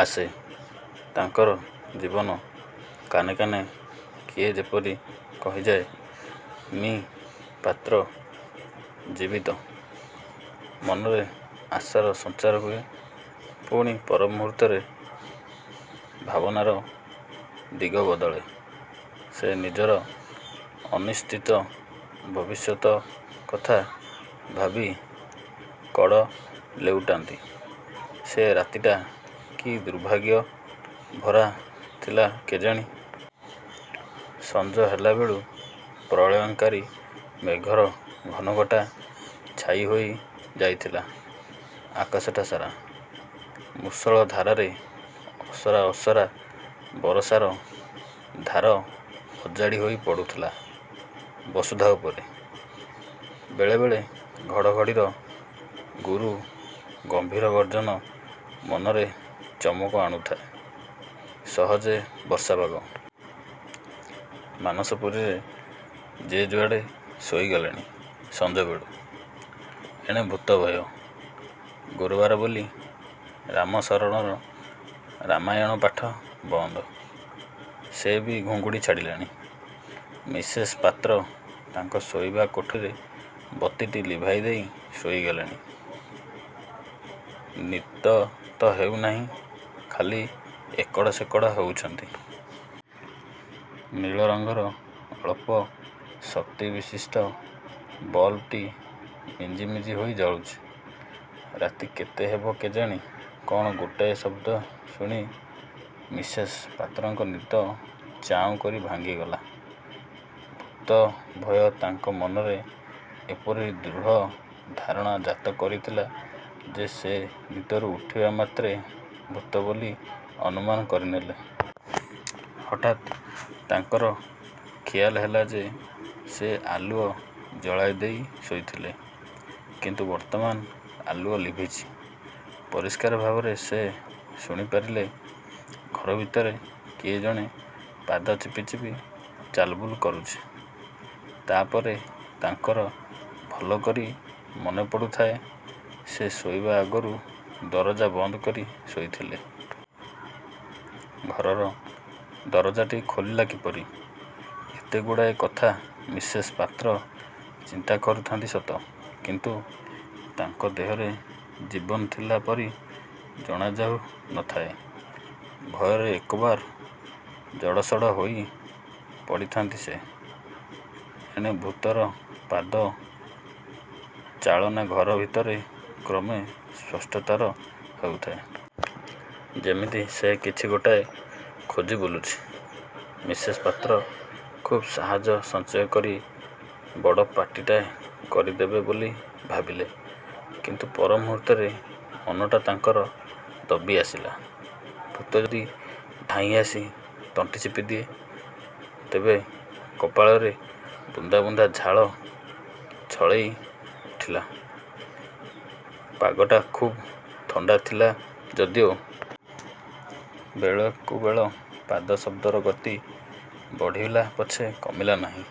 ଆସେ। ତାଙ୍କର ଜୀବନ କାନେ କାନେ କିଏ ଯେପରି କହିଯାଏ, 'ମି: ପାତ୍ର ଜୀବିତ'-। ମନରେ ଆଶାର ସଞ୍ଚାର ହୁଏ। ପୁଣି ପର ମୁହୂର୍ତ୍ତରେ ଭାବନାର ଦିଗ ବଦଳେ। ସେ ନିଜର ଅନିଶ୍ଚିତ ଭବିଷ୍ୟତ କଥା ଭାବି କଡ଼ ଲେଉଟାନ୍ତି। ସେ ରାତିଟା କି ଦୁର୍ଯ୍ୟୋଗ ଭରା ଥିଲା କେଜାଣି। ସଞ୍ଜ ହେଲାବେଳୁ ପ୍ରଳୟଙ୍କରୀ ମେଘର ଘନଘଟା ଛାଇ ହୋଇ ଯାଇଥିଲା ଆକାଶଟା ସାରା। ମୂଷଳ ଧାରାରେ ଅସରା ଅସରା ବରଷାର ଧାର ଅଜାଡ଼ି ହୋଇ ପଡ଼ୁଥିଲା ବସୁଧା ଉପରେ। ବେଳେ ବେଳେ ଘଡ଼ଘଡ଼ିର ଗୁରୁ ଗମ୍ଭୀର ଗର୍ଜନ ମନରେ ଚମକ ଆଣୁଥାଏ। ସହଜେ ବର୍ଷା ପାଗ। ମାନସପୁରୀରେ ଯେ ଯୁଆଡ଼େ ଶୋଇ ଗଲେଣି ସଞ୍ଜ ବେଳୁ। ଏଣେ ଭୂତ ଭୟ। ଗୁରୁବାର ବୋଲି ରାମଶରଣର ରାମାୟଣ ପାଠ ବନ୍ଦ। ସେ ବି ଘୁଙ୍ଗୁଡ଼ି ଛାଡ଼ିଲାଣି। ମିସେସ୍ ପାତ୍ର ତାଙ୍କ ଶୋଇବା କୋଠରୀରେ ବତୀଟି ଲିଭାଇଦେଇ ଶୋଇଲେଣି। ନିଦ ତ ହେଉନାହିଁ, ଖାଲି ଏକଡ଼ ସେକଡ଼ ହେଉଛନ୍ତି। ନୀଳ ରଙ୍ଗର ଅଳ୍ପ ଶକ୍ତିବିଶିଷ୍ଟ ବଲବ୍ଟି ମିଞ୍ଜି ମିଞ୍ଜି ହୋଇ ଜଳୁଛି। ରାତି କେତେ ହେବ କେଜାଣି ଘର ଭିତର କ'ଣ ଗୋଟାଏ ଶବ୍ଦ ଶୁଣି ମିସେସ୍ ପାତ୍ରଙ୍କ ନିଦ ଚାଉଁକରି ଭାଙ୍ଗିଗଲା। ଭୂତ ଭୟ ତାଙ୍କ ମନରେ ଏପରି ଦୃଢ଼ ଧାରଣା ଜାତ କରିଥିଲା ଯେ ସେ ନିଦରୁ ଉଠିବା ମାତ୍ରେ ଭୂତ ବୋଲି ଅନୁମାନ କରିନେଲେ। ହଠାତ୍ ତାଙ୍କର ଖିଆଲ ହେଲା ଯେ ସେ ଆଲୁଅ ଜଳାଇଦେଇ ଶୋଇଥିଲେ; କିନ୍ତୁ ବର୍ତ୍ତମାନ ଆଲୁଅ ଲିଭିଛି। ପରିଷ୍କାର ଭାବରେ ସେ ଶୁଣି ପାରିଲେ-ଘର ଭିତରେ କିଏ ଜଣେ ପାଦ ଚିପି ଚିପି ଚାଲ ବୁଲ କରୁଛି। ତା'ପରେ ତାଙ୍କର ଭଲକରି ମନେପଡ଼ୁଥାଏ, ସେ ଶୋଇବା ଆଗରୁ ଦରଜା ବନ୍ଦକରି ଶୋଇଥିଲେ। ଘରର ଦରଜାଟି ଖୋଲିଲା କିପରି? ଏତେ ଗୁଡ଼ାଏ କଥା ମିସେସ୍ ପାତ୍ର ଚିନ୍ତା କରୁଥାନ୍ତି ସତ; କିନ୍ତୁ ତାଙ୍କ ଦେହରେ ଜୀବନ ଥିଲା ପରି ଜଣାଯାଉ ନ ଥାଏ। ଭୟରେ ଏକବାରେ ଜଡ଼ସଡ଼ ହୋଇ ପଡ଼ିଥାନ୍ତି ସେ। ଏଣେ ଭୂତର ପାଦ ଚାଳନା ଘର ଭିତରେ କ୍ରମେ ସ୍ପଷ୍ଟତର ହେଉଥାଏ। ଯେମିତି ସେ କିଛି ଗୋଟାଏ ଖୋଜି ବୁଲୁଛି। ମିସେସ୍ ପାତ୍ର ଖୁବ୍ ସାହସ ସଞ୍ଚୟ କରି ବଡ଼ ପାଟିଟାଏ କରିଦେବେ ବୋଲି ଭାବିଲେ, କିନ୍ତୁ ପର ମୁହୂର୍ତ୍ତରେ ମନଟା ତାଙ୍କର ଦବି ଆସିଲା। ଭୂତ ଯଦି ଧାଇଁ ଆସି ତଣ୍ଟି ଚିପିଦିଏ, ତେବେ! କପାଳରେ ବୁନ୍ଦା ବୁନ୍ଦା ଝାଳ ଜଳେଇ ଉଠିଲା, ପାଗଟା ଖୁବ୍ ଥଣ୍ଡାଥିଲା ଯଦିଓ। ବେଳକୁବେଳ ପାଦ ଶବ୍ଦର ଗତି ବଢ଼ିଲା ପଛେ କମିଲା ନାହିଁ।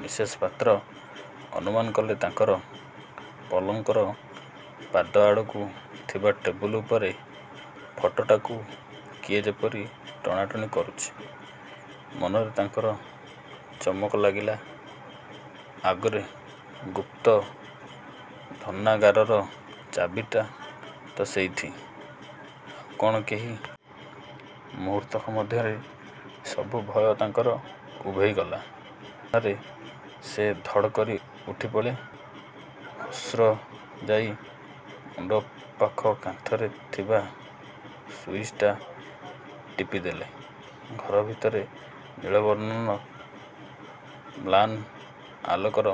ମିସେସ୍ ପାତ୍ର ଅନୁମାନକଲେ ତାଙ୍କ ପଲଙ୍କର ପାଦ ଆଡ଼କୁ ଥିବା ଟେବୁଲ ଉପର ଫଟୋଟାକୁ କିଏ ଯେପରି ଟଣା ଟଣି କରୁଛି। ମନରେ ତାଙ୍କର ଚମକ ଲାଗିଲା-'ଆରେ ଗୁପ୍ତ ଧନାଗାରର ଚାବିଟା ତ ସେଇଠି; ଆଉ କ'ଣ କେହି? ' ମୁହୂର୍ତ୍ତକ ମଧ୍ୟରେ ସବୁ ଭୟ ତାଙ୍କର ଉଭେଇ ଗଲା। ଗୋଟାଏ ଉତ୍ତେଜନାରେ ସେ ଧଡ଼୍ କରି ଉଠି ପଡ଼ିଲେ ପଲଙ୍କ ଉପରୁ। ଗୋଟାଏ ହୋସ୍ରେ ଯାଇ ମୁଣ୍ଡ ପାଖ କାନ୍ଥରେ ଥିବା ସୁଇଚ୍ଟା ଟିପିଦେଲେ। ଘର ଭିତରେ ନୀଳ ବର୍ଣ୍ଣର ମ୍ଳାନ ଆଲୋକର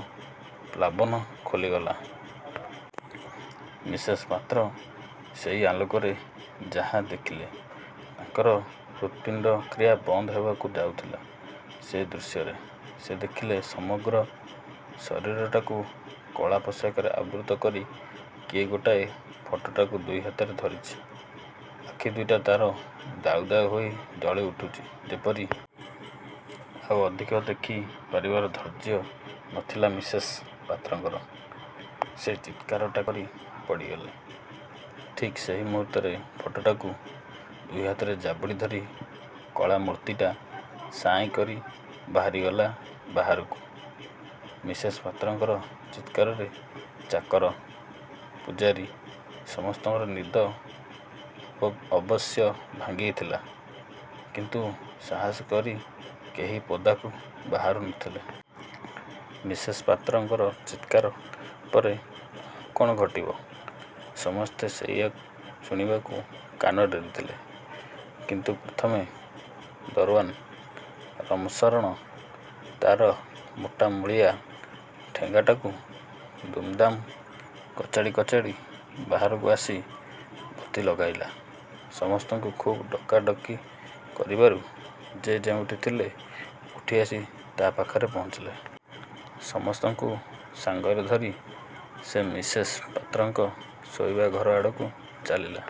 ପ୍ଲାବନ ଖେଳିଗଲା। ମିସେସ୍ ପାତ୍ର ସେଇ ଆଲୋକରେ ଯାହା ଦେଖିଲେ, ତାଙ୍କର ହୃତ୍ପିଣ୍ଡ କ୍ରିୟା ବନ୍ଦ ହେବାକୁ ଯାଉଥିଲା ସେ ଦୃଶ୍ୟରେ। ସେ ଦେଖିଲେ-ସମଗ୍ର ଶରୀରଟାକୁ କଳା ପୋଷାକରେ ଆବୃତ କରି କିଏ ଗୋଟାଏ ଫଟୋଟାକୁ ଦୁଇ ହାତରେ ଧରିଛି; ଆଖି ଦୁଇଟା ତା'ର ଦାଉ ଦାଉ ହୋଇ ଜଳି ଉଠୁଛି ଯେପରି। ଆଉ ଅଧିକ ଦେଖି ପାରିବାର ଧୈର୍ଯ୍ୟ ନଥିଲା ମିସେସ୍ ପାତ୍ରଙ୍କର। ସେ ଚିତ୍କାରଟାଏ କରି ପଡ଼ିଗଲେ। ଠିକ୍ ସେଇ ମୁହୂର୍ତ୍ତରେ ଫଟୋଟାକୁ ଦୁଇ ହାତରେ ଜାବୁଡ଼ି ଧରି କଳା ମୂର୍ତ୍ତିଟା ସାଇଁକରି ବାହାରିଗଲା ବାହାରକୁ। ମିସେସ୍ ପାତ୍ରଙ୍କର ଚିତ୍କାରରେ ଚାକର, ପୁଝାରୀ, ସମସ୍ତଙ୍କର ନିଦ ଅବଶ୍ୟ ଭାଙ୍ଗିଥିଲା; କିନ୍ତୁ ସାହସ କରି କେହି ପଦାକୁ ବାହାରୁ ନ ଥିଲେ। ମିସେସ୍ ପାତ୍ରଙ୍କର ଚିତ୍କାର ପରେ ଆଉ କ'ଣ ଘଟିବ, ସମସ୍ତେ ସେଇୟା ଶୁଣିବାକୁ କାନ ଡେରିଥିଲେ; କିନ୍ତୁ ପ୍ରଥମେ ଦରଓ୍ୱାନ୍ ରମଶରଣ ତା'ର ମୋଟା ମୂଳିଆ ଠେଙ୍ଗାଟାକୁ ଦୁମ୍ ଦାମ୍ କଚାଡ଼ି କଚାଡ଼ି ବାହାରକୁ ଆସି ବତୀ ଲଗାଇଲା। ସମସ୍ତଙ୍କୁ ଖୁବ୍ ଡକାଡକି କରିବାରୁ ଯେ ଯେଉଁଠି ଥିଲେ ଉଠିଆସି ତା' ପାଖରେ ପହଞ୍ଚିଲେ। ସମସ୍ତଙ୍କୁ ସାଙ୍ଗରେ ଧରି ସେ ମିସେସ୍ ପାତ୍ରଙ୍କ ଶୋଇବା ଘର ଆଡ଼କୁ ଚାଲିଲା।